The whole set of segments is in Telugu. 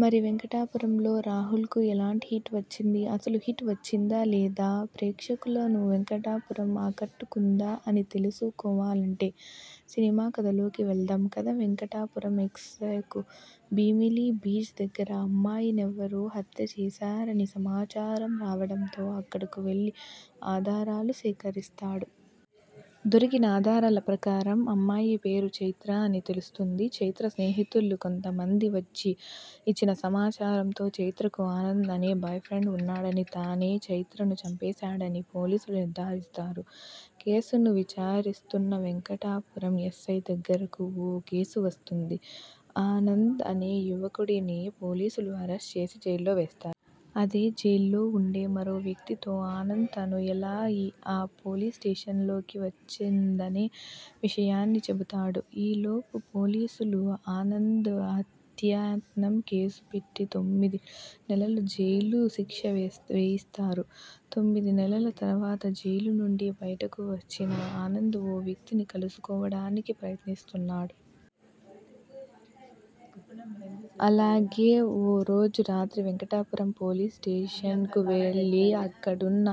మరి వెంకటాపురంతో రాహుల్కు ఎలాంటి హిట్ వచ్చింది? అసలు హిట్ వచ్చిందా? లేదా? ప్రేక్షకులను వెంకటాపురం ఆకట్టుకుందా? అని తెలుసు కోవాలంటే సినిమా కథలోకి వెళదాం కథ వెంకటాపురం ఎస్సైకు భీమిలి బీచ్ దగ్గర అమ్మాయినెవరో హత్య చేశారని సమాచారం రావడంతో అక్కడకు వెళ్ళి ఆధారాలు సేకరిస్తాడు. దొరికిన ఆధారాల ప్రకారం అమ్మాయి పేరు ఛైత్ర అని తెలుస్తుంది. ఛైత్ర స్నేహితులు కొంత మంది ఇచ్చిన సమాచారంతో ఛైత్రకు ఆనంద్ అనే బాయ్ఫ్రెండ్ ఉన్నాడని, తనే ఛైత్రను చంపేశాడని పోలీసులు నిర్దారిస్తారు. కేసును విచారిస్తున్న వెంకటాపురం ఎస్సై దగ్గరకు ఓ కేసు వస్తుంది. ఆనంద్ అనే యువకుడిని పోలీసులు అరెస్ట్ చేసి జైల్లో వేస్తారు. అదే జైల్లో ఉండే మరో వ్యక్తితో ఆనంద్ తను ఎలా ఆ పోలీస్ స్టేషన్లోకి వచ్చిందనే విషయాన్ని చెబుతాడు. ఈ లోపు పోలీసులు ఆనంద్పై హత్యాయత్నం కేసు పెట్టి తొమ్మిది నెలలు జైలు శిక్ష వేయిస్తారు. తొమ్మిది నెలలు తర్వాత జైలు నుండి బయటకు వచ్చిన ఆనంద్, ఓ వ్యక్తిని కలుసుకోవడానికి ప్రయత్నిస్తుంటాడు. అలాగే ఓ రోజు రాత్రి వెంకటాపురం పోలీస్ స్టేషన్కు వెళ్ళి అక్కడున్న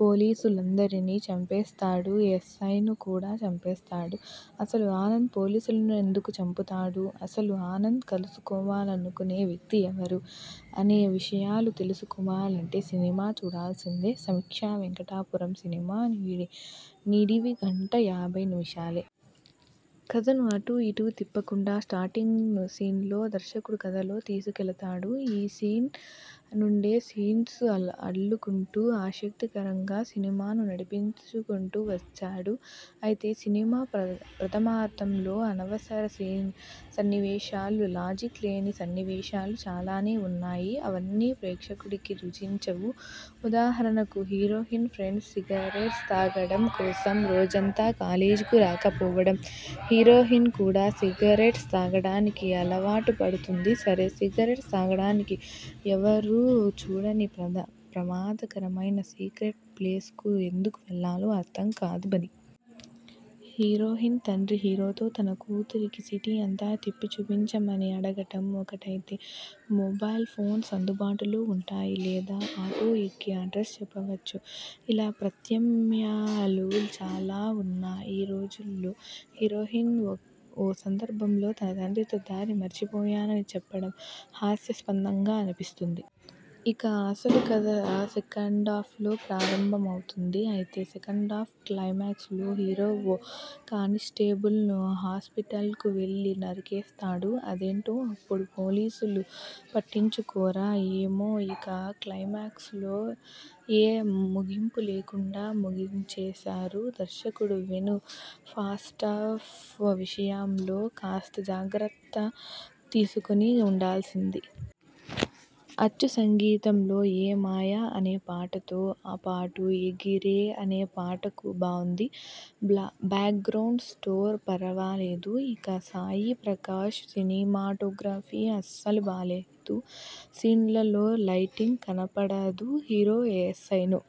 పోలీసులందరినీ చంపేస్తాడు. ఎస్సైను కూడా చంపేస్తాడు. అసలు ఆనంద్ పోలీసులనెందుకు చంపుతాడు? అసలు ఆనంద్ కలుసుకోవాలనుకునే వ్యక్తి ఎవరు? అనే విషయాలు తెలుసుకోవాలంటే సినిమా చూడాల్సిందే సమీక్ష 'వెంకటాపురం' సినిమా నిడివి గంట యాబై నిమిషాలే. కథను అటు ఇటు తిప్పకుండా స్టార్టింగ్ సీన్లో దర్శకుడు కథలోకి తీసుకెళతాడు. ఆ సీన్ నుండే సీన్స్ను అల్లుకుంటూ, ఆసక్తి కరంగా సినిమాను నడింపిచుకుంటూ వచ్చాడు. అయితే సినిమా ప్రథమార్థంలో అనవసర సన్నివేశాలు, లాజిక్ లేని సన్నివేశాలు చాలానే ఉన్నాయి. అవన్నీ ప్రేక్షకుడికి రుచించవు. ఉదాహరణకు హీరోయిన్ ఫ్రెండ్స్ సిగరెట్స్ తాగడం కోసం రోజంతా కాలేజ్కు రాకపోవడం, హీరోయిన్ కూడా సిగరెట్స్ త్రాగడానికి అలవాటు పడుతుంది సరే సిగరెట్స్ తాగడానికి ఎవరూ చూడని ప్రమాద కరమైన సీక్రెట్ ప్లేస్కు ఎందుకు వెళ్ళాలో అర్థం కాదు మరి. హీరోయిన్ తండ్రి హీరోతో తన కూతురికి సిటీ అంతా తిప్పి చూపించమని అడగటం ఒకటైతే, మొబైల్ఫోన్స్ అందుబాటులో ఉంటాయి. లేదా ఆటో ఎక్కి అడ్రస్ చెప్పొచ్చు ఇలా ప్రత్యామ్నాయాలు చాలా ఉన్న ఈ రోజుల్లో హీరోయిన్ ఓ సందర్భంలో తన తండ్రితో దారి మరచిపోయానని చెప్పడం హాస్యాస్పదంగా అనిపిస్తుంది. ఇక అసలు కథ సెకండాఫ్లో ప్రారంభం అవుతుంది. అయితే సెకండాఫ్ క్లైమాక్స్లో హీరో ఓ కానిస్టేబుల్ను హాస్పిటల్కు వెళ్లి నరికేస్తాడు. అదేంటో అప్పుడు పోలీసులు పట్టించుకోరా ఏమో ఇక క్లైమాక్స్ను ఏ ముగింపు లేకుండా ముగించేశారు. దర్శకుడు వేణు ఫస్టాఫ్ విషయంలో కాస్తా జాగ్రత్త తీసుకుని ఉండాల్సింది. అచ్చు సంగీతంలో ఏ మాయ అనే పాటతో పాటు ఎగిరే అనే పాట బావుంది. బ్యాక్గ్రౌండ్ స్కోర్ పరావాలేదు. ఇక సాయి ప్రకాష్ సినిమాటోగ్రఫీ అస్సలు బాలేదు. సీన్స్లో లైటింగ్ కనపడదు హీరో, ఎస్సైను